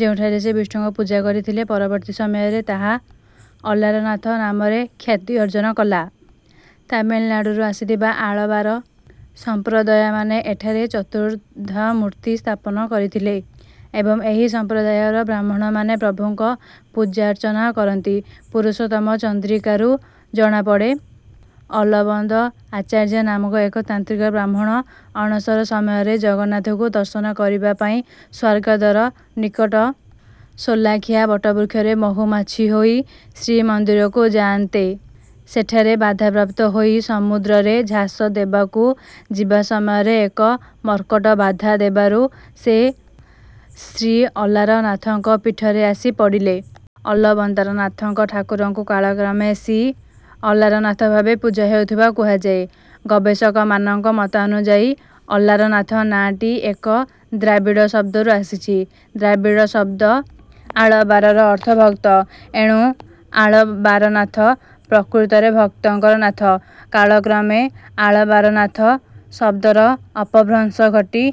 ଯେଉଁଠାରେ ସେ ବିଷ୍ଣୁଙ୍କ ପୂଜା କରିଥିଲେ, ପରବର୍ତ୍ତୀ ସମୟରେ ତାହା ଅଲାରନାଥ ନାମରେ ଖ୍ୟାତି ଅର୍ଜନ କଲା। ତାମିଲନାଡୁରୁ ଆସିଥିବା ଆଳବାର ସମ୍ପ୍ରଦାୟମାନେ ଏଠାରେ ଚତୁର୍ଦ୍ଧାମୂର୍ତ୍ତି ସ୍ଥାପନ କରିଥିଲେ ଏବଂ ଏହି ସମ୍ପ୍ରଦାୟର ବ୍ରାହ୍ମଣମାନେ ପ୍ରଭୁଙ୍କର ପୂଜାର୍ଚ୍ଚନା କରନ୍ତି। 'ପୁରୁଷୋତ୍ତମ ଚନ୍ଦ୍ରିକା'ରୁ ଜଣାପଡ଼େ, ଅଲବନ୍ଦ ଆଚାର୍ଯ୍ୟ ନାମକ ଏକ ତାନ୍ତ୍ରିକ ବ୍ରାହ୍ମଣ ଅଣସର ସମୟରେ ଜଗନ୍ନାଥଙ୍କୁ ଦର୍ଶନ କରିବା ପାଇଁ ସ୍ୱର୍ଗଦ୍ୱାର ନିକଟ ସୋଲାଖିଆ ବଟବୃକ୍ଷରେ ମହୂମାଛି ହୋଇ ଶ୍ରୀମନ୍ଦିରକୁ ଯାଆନ୍ତେ, ସେଠାରେ ବାଧାପ୍ରାପ୍ତ ହୋଇ ସମୁଦ୍ରରେ ଝାସ ଦେବାକୁ ଯିବା ସମୟରେ ଏକ ମର୍କଟ ବାଧା ଦେବାରୁ ସେ ଶ୍ରୀ ଅଲାରନାଥଙ୍କ ପୀଠରେ ଆସି ପଡ଼ିଲେ। ଅଲବନ୍ଦାରନାଥଙ୍କ ଠାକୁରଙ୍କୁ କାଳକ୍ରମେ ଶ୍ରୀ ଅଲାରନାଥ ଭାବେ ପୂଜା ହେଉଥିବା କୁହାଯାଏ। ଗବେଷକମାନଙ୍କ ମତାନୁଯାୟୀ, 'ଅଲାରନାଥ' ନାଁଟି ଏକ ଦ୍ରାବିଡ଼ ଶବ୍ଦରୁ ଆସିଛି। ଦ୍ରାବିଡ଼ ଶବ୍ଦ 'ଆଳବାର'ର ଅର୍ଥ ଭକ୍ତ। ଏଣୁ ଆଳବାରନାଥ ପ୍ରକୃତରେ ଭକ୍ତଙ୍କର ନାଥ। କାଳକ୍ରମେ ଆଳବାରନାଥ ଶବ୍ଦର ଅପଭ୍ରଂଶ ଘଟି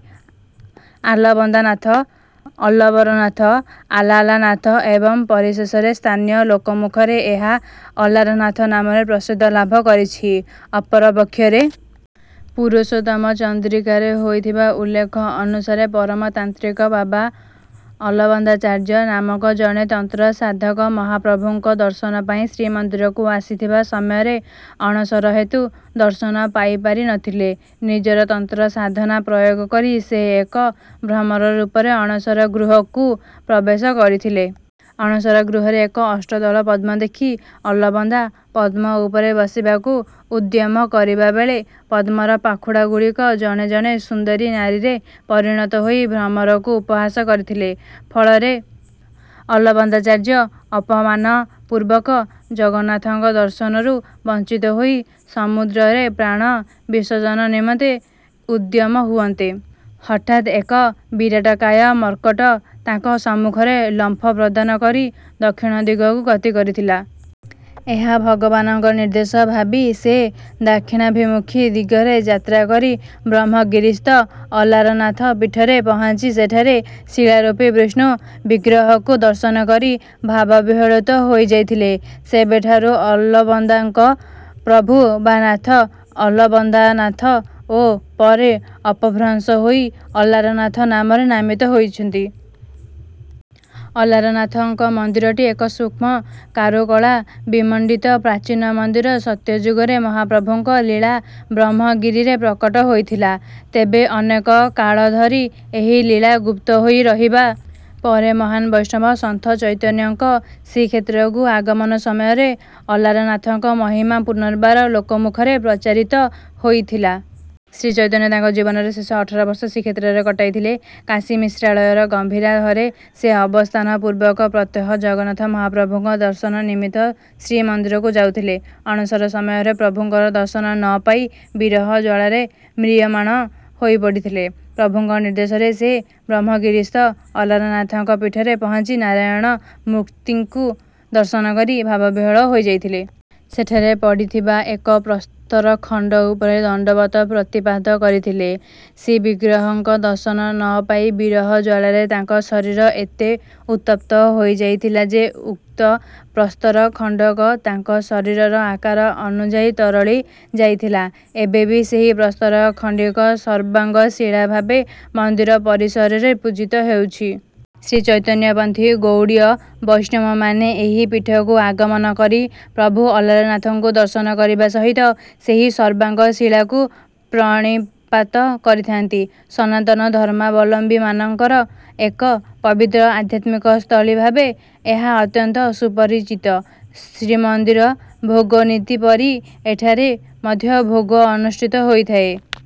ଆଲବନ୍ଦାନାଥ, ଅଲବରନାଥ, ଆଲାଲାନାଥ ଏବଂ ପରିଶେଷରେ ସ୍ଥାନୀୟ ଲୋକମୁଖରେ ଏହା 'ଅଲାରନାଥ' ନାମରେ ପ୍ରସିଦ୍ଧି ଲାଭ କରିଛି। ଅପରପକ୍ଷରେ, 'ପୁରୁଷୋତ୍ତମ ଚନ୍ଦ୍ରିକା'ରେ ହୋଇଥିବା ଉଲ୍ଲେଖ ଅନୁସାରେ ପରମ ତାନ୍ତ୍ରିକ ବାବା ଅଲବନ୍ଦାଚାର୍ଯ୍ୟ ନାମକ ଜଣେ ତନ୍ତ୍ର ସାଧକ ମହାପ୍ରଭୁଙ୍କ ଦର୍ଶନ ପାଇଁ ଶ୍ରୀମନ୍ଦିରକୁ ଆସିଥିବା ସମୟରେ ଅଣସର ହେତୁ ଦର୍ଶନ ପାଇପାରି ନ ଥିଲେ। ନିଜର ତନ୍ତ୍ର ସାଧନା ପ୍ରୟୋଗ କରି ସେ ଏକ ଭ୍ରମର ରୂପରେ ଅଣସର ଗୃହକୁ ପ୍ରବେଶ କରିଥିଲେ। ଅଣସର ଗୃହରେ ଏକ ଅଷ୍ଟଦଳ ପଦ୍ମ ଦେଖି ଅଲବନ୍ଦା ପଦ୍ମ ଉପରେ ବସିବାକୁ ଉଦ୍ୟମ କରିବା ବେଳେ, ପଦ୍ମର ପାଖୁଡ଼ାଗୁଡ଼ିକ ଜଣେ ଜଣେ ସୁନ୍ଦରୀ ନାରୀରେ ପରିଣତ ହୋଇ ଭ୍ରମରକୁ ଉପହାସ କରିଥିଲେ। ଫଳରେ ଅଲବନ୍ଦାଚାର୍ଯ୍ୟ ଅପମାନପୂର୍ବକ ଜଗନ୍ନାଥଙ୍କ ଦର୍ଶନରୁ ବଞ୍ଚିତ ହୋଇ ସମୁଦ୍ରରେ ପ୍ରାଣ ବିସର୍ଜନ ନିମନ୍ତେ ଉଦ୍ୟମ ହୁଅନ୍ତେ, ହଠାତ୍ ଏକ ବିରାଟକାୟ ମର୍କଟ ତାଙ୍କ ସମ୍ମୁଖରେ ଲମ୍ଫ ପ୍ରଦାନ କରି ଦକ୍ଷିଣ ଦିଗକୁ ଗତି କରିଥିଲା। ଏହା ଭଗବାନଙ୍କ ନିର୍ଦ୍ଦେଶ ଭାବି ସେ ଦକ୍ଷିଣାଭିମୁଖୀ ଦିଗରେ ଯାତ୍ରା କରି ବ୍ରହ୍ମଗିରିସ୍ଥ ଅଲାରନାଥ ପୀଠରେ ପହଞ୍ଚି ସେଠାରେ ଶିଳାରୂପୀ ବିଷ୍ଣୁ ବିଗ୍ରହଙ୍କୁ ଦର୍ଶନ କରି ଭାବବିହ୍ୱଳିତ ହୋଇଯାଇଥିଲେ। ସେବେଠାରୁ ଅଲବନ୍ଦାଙ୍କ ପ୍ରଭୁ ବା ନାଥ 'ଅଲବନ୍ଦାନାଥ' ଓ ପରେ ଅପଭ୍ରଂଶ ହୋଇ 'ଅଲାରନାଥ' ନାମରେ ନାମିତ ହୋଇଛନ୍ତି। ଅଲାରନାଥଙ୍କ ମନ୍ଦିରଟି ଏକ ସୂକ୍ଷ୍ମ କାରୁକଳା ବିମଣ୍ଡିତ ପ୍ରାଚୀନ ମନ୍ଦିର। ସତ୍ୟଯୁଗରେ ମହାପ୍ରଭୁଙ୍କ ଲୀଳା ବ୍ରହ୍ମଗିରିରେ ପ୍ରକଟ ହୋଇଥିଲା। ତେବେ ଅନେକ କାଳ ଧରି ଏହି ଲୀଳା ଗୁପ୍ତ ହୋଇ ରହିବା ପରେ, ମହାନ ବୈଷ୍ଣବ ସନ୍ଥ ଚୈତନ୍ୟଙ୍କ ଶ୍ରୀକ୍ଷେତ୍ରକୁ ଆଗମନ ସମୟରେ ଅଲାରନାଥଙ୍କ ମହିମା ପୁନର୍ବାର ଲୋକମୁଖରେ ପ୍ରଚାରିତ ହୋଇଥିଲା। ଶ୍ରୀଚୈତନ୍ୟ ତାଙ୍କ ଜୀବନର ଶେଷ ଅଠର ବର୍ଷ ଶ୍ରୀକ୍ଷେତ୍ରରେ କଟାଇଥିଲେ। କାଶୀମିଶ୍ରାଳୟର ଗମ୍ଭୀରା ଘରେ ସେ ଅବସ୍ଥାନ ପୂର୍ବକ ପ୍ରତ୍ୟହ ଜଗନ୍ନାଥ ମହାପ୍ରଭୁଙ୍କ ଦର୍ଶନ ନିମିତ୍ତ ଶ୍ରୀମନ୍ଦିରକୁ ଯାଉଥିଲେ। ଅଣସର ସମୟରେ ପ୍ରଭୁଙ୍କର ଦର୍ଶନ ନ ପାଇ ବିରହ ଜ୍ୱାଳାରେ ମ୍ରିୟମାଣ ହୋଇପଡ଼ିଥିଲେ। ପ୍ରଭୁଙ୍କ ନିର୍ଦ୍ଦେଶରେ ସେ ବ୍ରହ୍ମଗିରିସ୍ଥ ଅଲାରନାଥଙ୍କ ପୀଠରେ ପହଞ୍ଚି ନାରାୟଣ ମୂର୍ତ୍ତିଙ୍କୁ ଦର୍ଶନ କରି ଭାବବିହ୍ୱଳିତ ହୋଇଯାଇଥିଲେ। ସେଠାରେ ପଡ଼ିଥିବା ଏକ ପ୍ରସ୍ତର ଖଣ୍ଡ ଉପରେ ଦଣ୍ଡବତ ପ୍ରଣିପାତ କରିଥିଲେ। ଶ୍ରୀବିଗ୍ରହଙ୍କ ଦର୍ଶନ ନ ପାଇ ବିରହ ଜ୍ୱାଳାରେ ତାଙ୍କ ଶରୀର ଏତେ ଉତ୍ତପ୍ତ ହୋଇଯାଇଥିଲା ଯେ, ଉକ୍ତ ପ୍ରସ୍ତର ଖଣ୍ଡକ ତାଙ୍କ ଶରୀରର ଆକାର ଅନୁଯାୟୀ ତରଳି ଯାଇଥିଲା। ଏବେ ବି ସେହି ପ୍ରସ୍ତର ଖଣ୍ଡିକ ସର୍ବାଙ୍ଗ ଶିଳା ଭାବେ ମନ୍ଦିର ପରିସରରେ ପୂଜିତ ହେଉଛି। ଶ୍ରୀଚୈତନ୍ୟପନ୍ଥୀ ଗୌଡ଼ୀୟ ବୈଷ୍ଣବମାନେ ଏହି ପୀଠକୁ ଆଗମନ କରି ପ୍ରଭୁ ଅଲାରନାଥଙ୍କୁ ଦର୍ଶନ କରିବା ସହିତ ସେହି ସର୍ବାଙ୍ଗ ଶିଳାକୁ ପ୍ରଣିପାତ କରିଥାନ୍ତି। ସନାତନ ଧର୍ମାବଲମ୍ବୀମାନଙ୍କର ଏକ ପବିତ୍ର ଆଧ୍ୟାତ୍ମିକ ସ୍ଥଳୀ ଭାବେ ଏହା ଅତ୍ୟନ୍ତ ସୁପରିଚିତ। ଶ୍ରୀମନ୍ଦିର ଭୋଗନୀତି ପରି ଏଠାରେ ମଧ୍ୟ ଭୋଗ ଅନୁଷ୍ଠିତ ହୋଇଥାଏ।